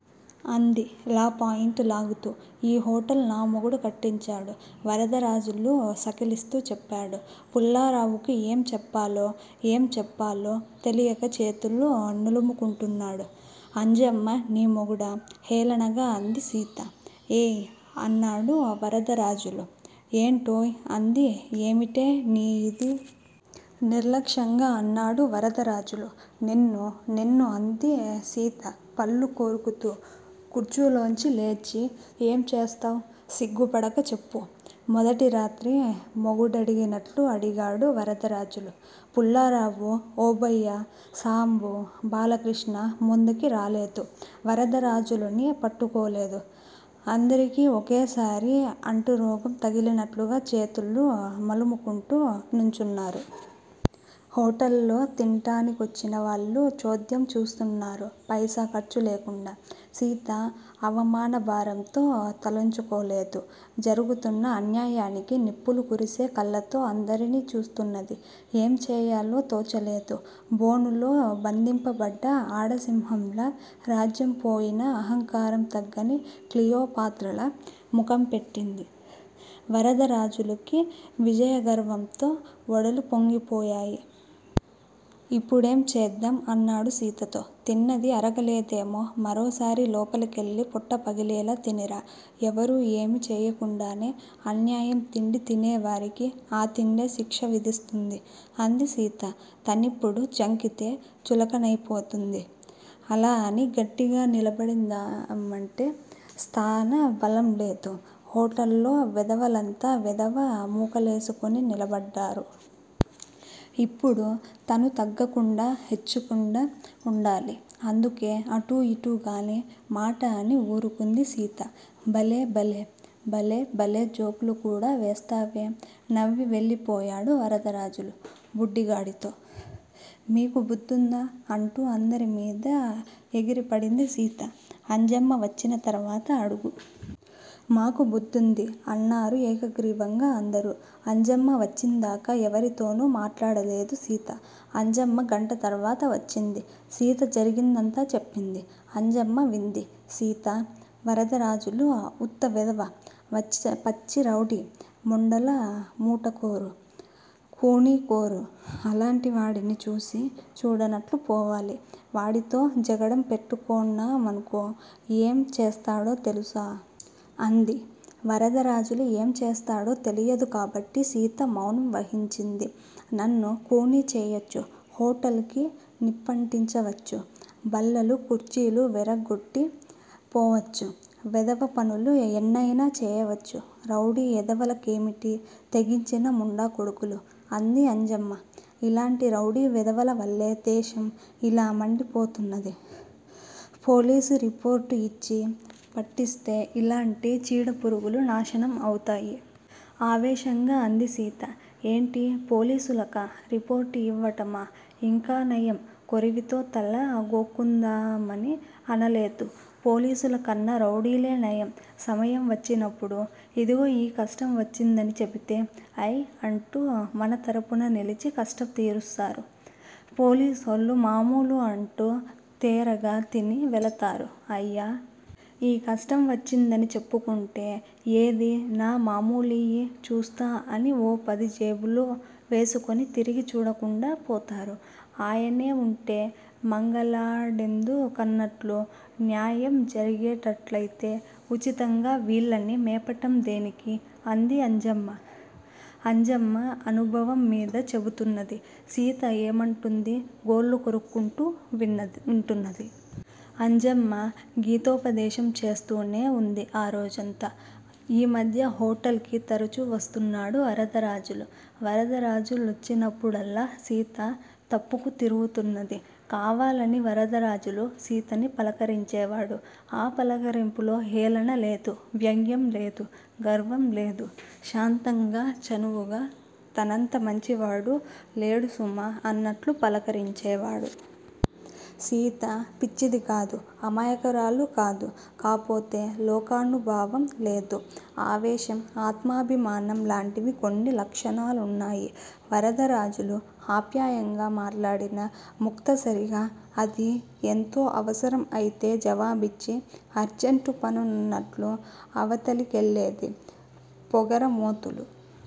అంది, law point లాగుతూ. ఈ హొటల్ నా మొగుడు కట్టించాడు. వరదరాజులు సకిలిస్తూ చెప్పాడు. పుల్లారావుకి ఏం చెప్పాలో, ఎo చెప్పాలో తెలియక చేతులు నులుముకుంటున్నాడు. అంజమ్మ నీ మొగుడా? హేళనగా అంది సీత. ఏయ్ అ న్నాడు వరదరాజులు. ఏంటోయ్? అంది ఏమిటే నీ ఇది? నిర్లక్ష్యంగా అన్నాడు వరదరాజులు. నిన్ను నిన్ను అంది సీత పళ్ళు కొరుకుతూ కుర్చీలోంచి లేచి. ఏం చేస్తావ్? సిగ్గుపడక చెప్పు. మొదటిరాత్రి మొగుడడిగినట్లు అడిగాడు వరదరాజులు. పుల్లారావు, ఓబయ్యా, సాంబు, బాలకృష్ణ ముందుకి రాలేదు. వరదరాజులుని పట్టుకోలేదు. అందరికీ ఒకేసారి అంటురోగం తగిలినట్లుగా చేతులు మలుముకుంటూ నుంచున్నారు. హొటల్లో తింటానికొచ్చిన వాళ్లు చోద్యం చూస్తున్నారు పైసా ఖర్చులేకుండా. సీత అవమానభారంతో తలోంచుకోలేదు. జరుగుతున్న అన్యాయానికి నిప్పులు కురిసే కళ్ళతో అందరినీ చూస్తున్నది. ఏం చేయాలో తోచలేదు. బోనులో బంధింపబడ్డ ఆడ సింహంలా, రాజ్యం పోయినా అహంకారం తగ్గని క్లియోపాత్రలా ముఖంపెట్టింది. వరదరాజులుకి విజయగర్వంతో ఒడలు పొంగిపోయాయి. ఇప్పుడేం చేద్దాం? అన్నాడు సీతతో. తిన్నది అరగలేదేమో! మరోసారి లోపలికెళ్ళి పొట్టపగిలేలా తినిరా! ఎవరూ ఏమీ చేయకుండానే, అన్యాయం తిండి తినేవారికి ఆ తిండే శిక్ష విధిస్తుంది. అంది సీత. తనిప్పుడు జంకితే చులకనయిపోతుంది. అలా అని గట్టిగా నిలబడదామంటే స్థానబలంలేదు. హొటల్లో వెధవలంతా వెధవ ముఖాలేసుకుని నిలబడ్డారు. ఇప్పుడు తను తగ్గకుండా, హెచ్చకుండా వుండాలి. అందుకే అటూ, ఇటూగాని మాట అని ఊరుకుంది సీత. భలే భలె, భలె, భలె జోకులుకూడా వేస్తావే! నవ్వి వెళ్లి పోయాడు వరదరాజులు, బుడ్డిగాడితో. మీకు బుద్దుందా? అంటూ అందరి మీద ఎగిరిపడింది సీత. అంజమ్మ వచ్చిన తర్వాత అడుగు. మాకు బుద్దుంది. అన్నారు ఏకగ్రీవంగా అందరూ. అంజమ్మ వచ్చిందాకా ఎవరితోను మాట్లాడలేదు సీత. అంజమ్మ గంట తర్వాత వచ్చింది. సీత జరిగిందంతా చెప్పింది. అంజమ్మ వింది సీతా! వరదరాజులు ఉత్త వెధవ, వచ్చి రౌడీ, ముండల ముఠాకోరు, ఖూనీకోరు, అలాంటివారిని చూసీ చూడనట్లు పోవాలి. వాడితో జగడం పెట్టుకున్నామనుకో, ఏం చేస్తాడో తెలుసా? అంది. వరదరాజులు ఏంచేస్తాడో తెలియదుకాబట్టి సీత మౌనం వహించింది. నన్ను ఖూనీ చెయ్యొచ్చు, హొటల్ కి నిప్పంటించవచ్చు. బల్లలు కుర్చీలు విరగగొట్టి పోవచ్చు. వెధవపనులు ఎన్నయినా చెయ్యవచ్చు రౌడీ ఎదవలకేమిటి, తెగించిన ముండాకొడుకులు. అంది అంజమ్మ. ఇలాంటి రౌడీ వెధవలవల్లే దేశం ఇలామండిపోతున్నది. పోలీసు రిపోర్టు యిచ్చి, పట్టిస్తే, ఇలాంటి చీడపురుగులు నాశనం అవుతాయి. ఆవేశంగా అందిసీత. ఏంటీ! పోలీసులకా! రిపోర్టు యివ్వటమా? ఇంకానయం కొరివితో తల గోక్కుందామని అనలేదు. పోలీసులకన్నా రౌడీలే నయం, సమయం వచ్చినప్పుడు. ఇదిగో ఈ కష్టం వచ్చిందని చెపితే, అయ్ అంటూ మనతరపున నిలిచి కష్టంతీరుస్తారు. పోలీసోళ్ళు మామూలు అంటూ తేరగా తిని వెళతారు. అయ్యా! ఈ కష్టం వచ్చిందని చెప్పుకుంటే, ఏదీ, నా మామూలియ్యి, చూస్తా అని ఓ పది జేబులో వేసుకుని తిరిగి చూడకుండా పోతారు. ఆయనే వుంటే మంగలాడెందుకన్నట్లు, న్యాయం జరిగేటట్లయితే ఉచితంగా వీళ్ళని మేపటం దేనికి? అంది అంజమ్మ. అంజమ్మ అనుభవంమీద చెపుతున్నది. సీత ఏమంటుంది? గోళ్ళు కొరుక్కుంటూ వింటున్నది. అంజమ్మ గీతోపదేశం చేస్తూనే వుంది ఆ రోజంతా. ఈమధ్య హొటల్ కి తరచు వస్తున్నాడు వరదరాజులు. వరదరాజులొచ్చినప్పుడల్లా సీత తప్పుకు తిరుగుతున్నది. కావాలని వరదరాజులు, సీతని పలకరించేవాడు. ఆ పలకరింపులొ హేళన లేదు, వ్యంగ్యం లేదు, గర్వంలేదు. శాంతంగా చనువుగా, తనంత మంచివాడు లేడుసుమా, అన్నట్లు పలకరించేవాడు. సీత పిచ్చిదికాదు, అమాయకురాలు కాదు. కాపోతే లోకానుభావం లేదు. ఆవేశం, ఆత్మాభిమనాం లాంటివి కొన్ని లక్షణాలున్నాయి. వరదరాజులు అప్యాయంగా మాట్లాడినా ముక్తసరిగా అదీ ఎంతో అవసరం అయితే జవాబిచ్చి అర్జంట్ పనున్నట్లు అవతలికెళ్ళేది. పొగరమోతులు,